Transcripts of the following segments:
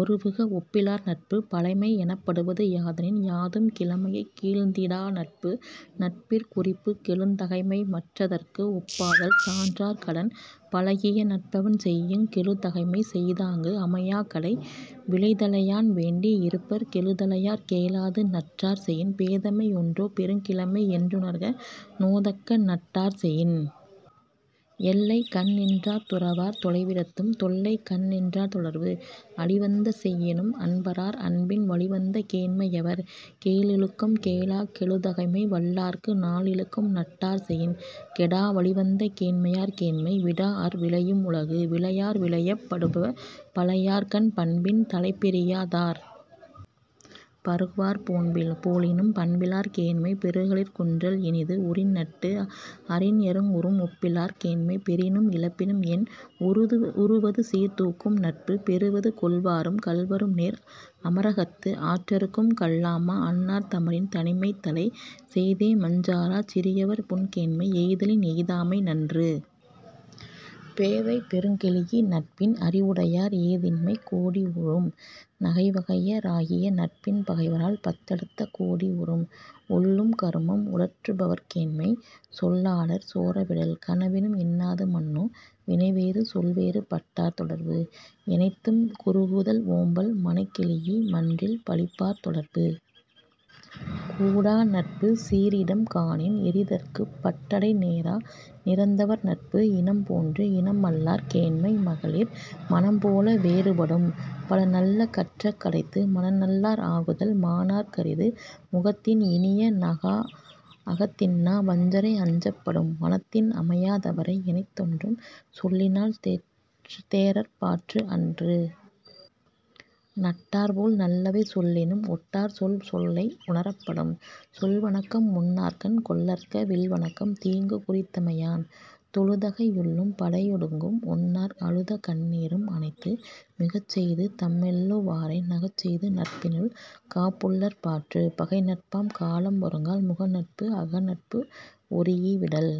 ஒருவுக ஒப்பிலார் நட்பு. பழைமை எனப்படுவது யாதெனின் யாதும் கிழமையைக் கீழ்ந்திடா நட்பு. நட்பிற் குறுப்புக் கெழுதகைமை மற்றதற்கு உப்பாதல் சான்றோர் கடன். பழகிய நட்பெவன் செய்யுங் கெழுதகைமை செய்தாங்கு அமையாக் கடை. விழைதகையான் வேண்டி இருப்பர் கெழுதகையாற் கேளாது நட்டார் செயின். பேதைமை ஒன்றோ பெருங்கிழமை என்றுணர்க நோதக்க நட்டார் செயின். எல்லைக்கண் நின்றார் துறவார் தொலைவிடத்தும் தொல்லைக்கண் நின்றார் தொடர்பு. அழிவந்த செய்யினும் அன்பறார் அன்பின் வழிவந்த கேண்மை யவர். கேளிழுக்கம் கேளாக் கெழுதகைமை வல்லார்க்கு நாளிழுக்கம் நட்டார் செயின். கெடாஅ வழிவந்த கேண்மையார் கேண்மை விடாஅர் விழையும் உலகு. விழையார் விழையப் படுப பழையார்கண் பண்பின் தலைப்பிரியா தார். பருகுவார் போலினும் பண்பிலார் கேண்மை பெருகலிற் குன்றல் இனிது. உறின்நட்டு அறின்ஙருஉம் ஒப்பிலார் கேண்மை பெறினும் இழப்பினும் என்? உறுவது சீர்தூக்கும் நட்பும் பெறுவது கொள்வாரும் கள்வரும் நேர். அமரகத்து ஆற்றறுக்கும் கல்லாமா அன்னார் தமரின் தனிமை தலை. செய்தேமஞ் சாராச் சிறியவர் புன்கேண்மை எய்தலின் எய்தாமை நன்று. பேதை பெருங்கெழீஇ நட்பின் அறிவுடையார் ஏதின்மை கோடி உறும். நகைவகைய ராகிய நட்பின் பகைவரால் பத்தடுத்த கோடி உறும். ஒல்லும் கருமம் உடற்று பவர்கேண்மை சொல்லாடார் சோர விடல். கனவினும் இன்னாது மன்னோ வினைவேறு சொல்வேறு பட்டார் தொடர்பு. எனைத்தும் குறுகுதல் ஓம்பல் மனைக்கெழீஇ மன்றில் பழிப்பார் தொடர்பு. கூடாநட்பு சீரிடம் காணின் எறிதற்குப் பட் டடை நேரா நிரந்தவர் நட்பு. இனம்போன்று இனமல்லார் கேண்மை மகளிர் மனம்போல வேறு படும். பலநல்ல கற்றக் கடைத்து மனநல்லர் ஆகுதல் மாணார்க் கரிது. முகத்தின் இனிய நகாஅ அகத்தின்னா வஞ்சரை அஞ்சப் படும். மனத்தின் அமையா தவரை எனைத்தொன்றும் சொல்லினால் தேறற்பாற்று அன்று. நட்டார்போல் நல்லவை சொல்லினும் ஒட்டார்சொல் ஒல்லை உணரப் படும். சொல்வணக்கம் ஒன்னார்கண் கொள்ளற்க வில்வணக்கம் தீங்கு குறித்தமை யான். தொழுதகை யுள்ளும் படையொடுங்கும் ஒன்னார் அழுதகண் ணீரும் அனைத்து. மிகச்செய்து தம்மெள்ளு வாரை நகச்செய்து நட்பினுள் காப்புல்லற் பாற்று. பகைநட்பாம் காலம் வருங்கால் முகநட்டு அகநட்பு ஒரீஇ விடல்.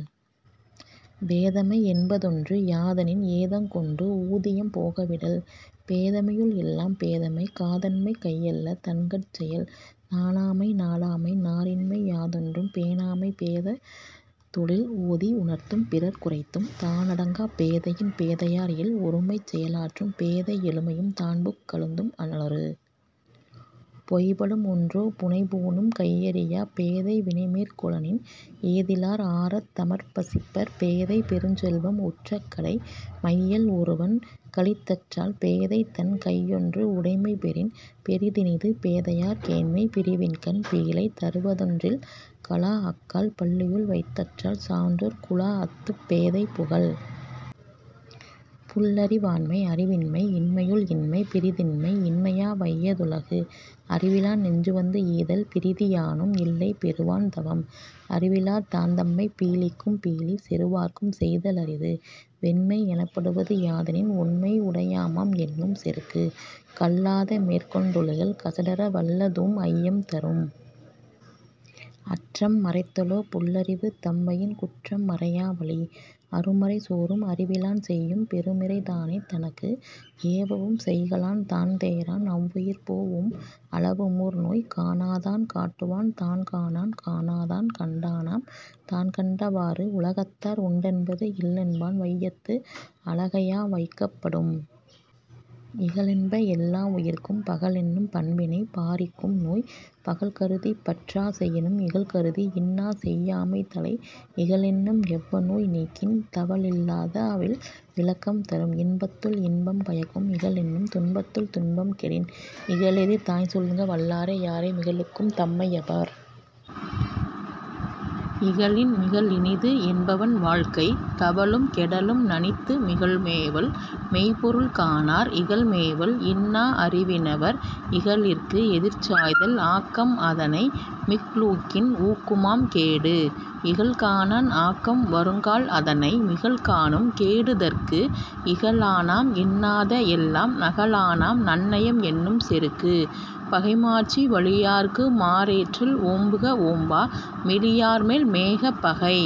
பேதைமை என்பதொன்று யாதெனின் ஏதங்கொண்டு ஊதியம் போக விடல். பேதைமையுள் எல்லாம் பேதைமை காதன்மை கையல்ல தன்கட் செயல். நாணாமை நாடாமை நாரின்மை யாதொன்றும் பேணாமை பேதை தொழில் ஓதி உணர்ந்தும் பிறர் க்குரைத்தும் தானடங்காப் பேதையின் பேதையார் இல். ஒருமைச் செயலாற்றும் பேதை எழுமையும் தான்புக் கழுந்தும் அளறு. பொய்படும் ஒன்றோ புனைபூணும் கையறியாப் பேதை வினைமேற் கொளளின். ஏதிலார் ஆரத் தமர்பசிப்பர் பேதை பெருஞ்செல்வம் உற்றக் கடை. மையல் ஒருவன் களித்தற்றால் பேதைதன் கையொன்று உடைமை பெறின். பெரிதினிது பேதையார் கேண்மை பிரிவின்கண் பீழை தருவதொன் றில். கழாஅக்கால் பள்ளியுள் வைத்தற்றால் சான்றோர் குழாஅத்துப் பேதை புகல். புல்லறிவாண்மை அறிவின்மை இன்மையுள் இன்மை பிறிதின்மை இன்மையா வையா துலகு. அறிவிலான் நெஞ்சுவந்து ஈதல் பிறிதியாதும் இல்லை பெறுவான் தவம். அறிவிலார் தாந்தம்மைப் பீழிக்கும் பீழை செறுவார்க்கும் செய்தல் அரிது. வெண்மை எனப்படுவ தியாதெனின் ஒண்மை உடையம்யாம் என்னும் செருக்கு. கல்லாத மேற்கொண் டொழுகல் கசடற வல்லதூஉம் ஐயம் தரும். அற்றம் மறைத்தலோ புல்லறிவு தம்வயின் குற்றம் மறையா வழி. அருமறை சோரும் அறிவிலான் செய்யும் பெருமிறை தானே தனக்கு. ஏவவும் செய்கலான் தான்தேறான் அவ்வுயிர் போஒம் அளவுமோர் நோய். காணாதான் காட்டுவான் தான்காணான் காணாதான் கண்டானாம் தான்கண்ட வாறு. உலகத்தார் உண்டென்பது இல்லென்பான் வையத்து அலகையா வைக்கப் படும். இகலென்ப எல்லா உயிர்க்கும் பகலென்னும் பண்பின்மை பாரிக்கும் நோய். பகல்கருதிப் பற்றா செயினும் இகல்கருதி இன்னாசெய் யாமை தலை. இகலென்னும் எவ்வநோய் நீக்கின் தவலில்லாத் தாவில் விளக்கம் தரும். இன்பத்துள் இன்பம் பயக்கும் இகலென்னும் துன்பத்துள் துன்பங் கெடின். இகலெதிர் சாய்ந்தொழுக வல்லாரை யாரே மிக்லூக்கும் தன்மை யவர். இகலின் மிகலினிது என்பவன் வாழ்க்கை தவலும் கெடலும் நணித்து. மிகல்மேவல் மெய்ப்பொருள் காணார் இகல்மேவல் இன்னா அறிவி னவர். இகலிற்கு எதிர்சாய்தல் ஆக்கம் அதனை மிக்லூக்கின் ஊக்குமாம் கேடு. இகல்காணான் ஆக்கம் வருங்கால் அதனை மிகல்காணும் கேடு தரற்கு. இகலானாம் இன்னாத எல்லாம் நகலானாம் நன்னயம் என்னும் செருக்கு. பகைமாட்சி வலியார்க்கு மாறேற்றல் ஓம்புக ஓம்பா மெலியார்மேல் மேக பகை.।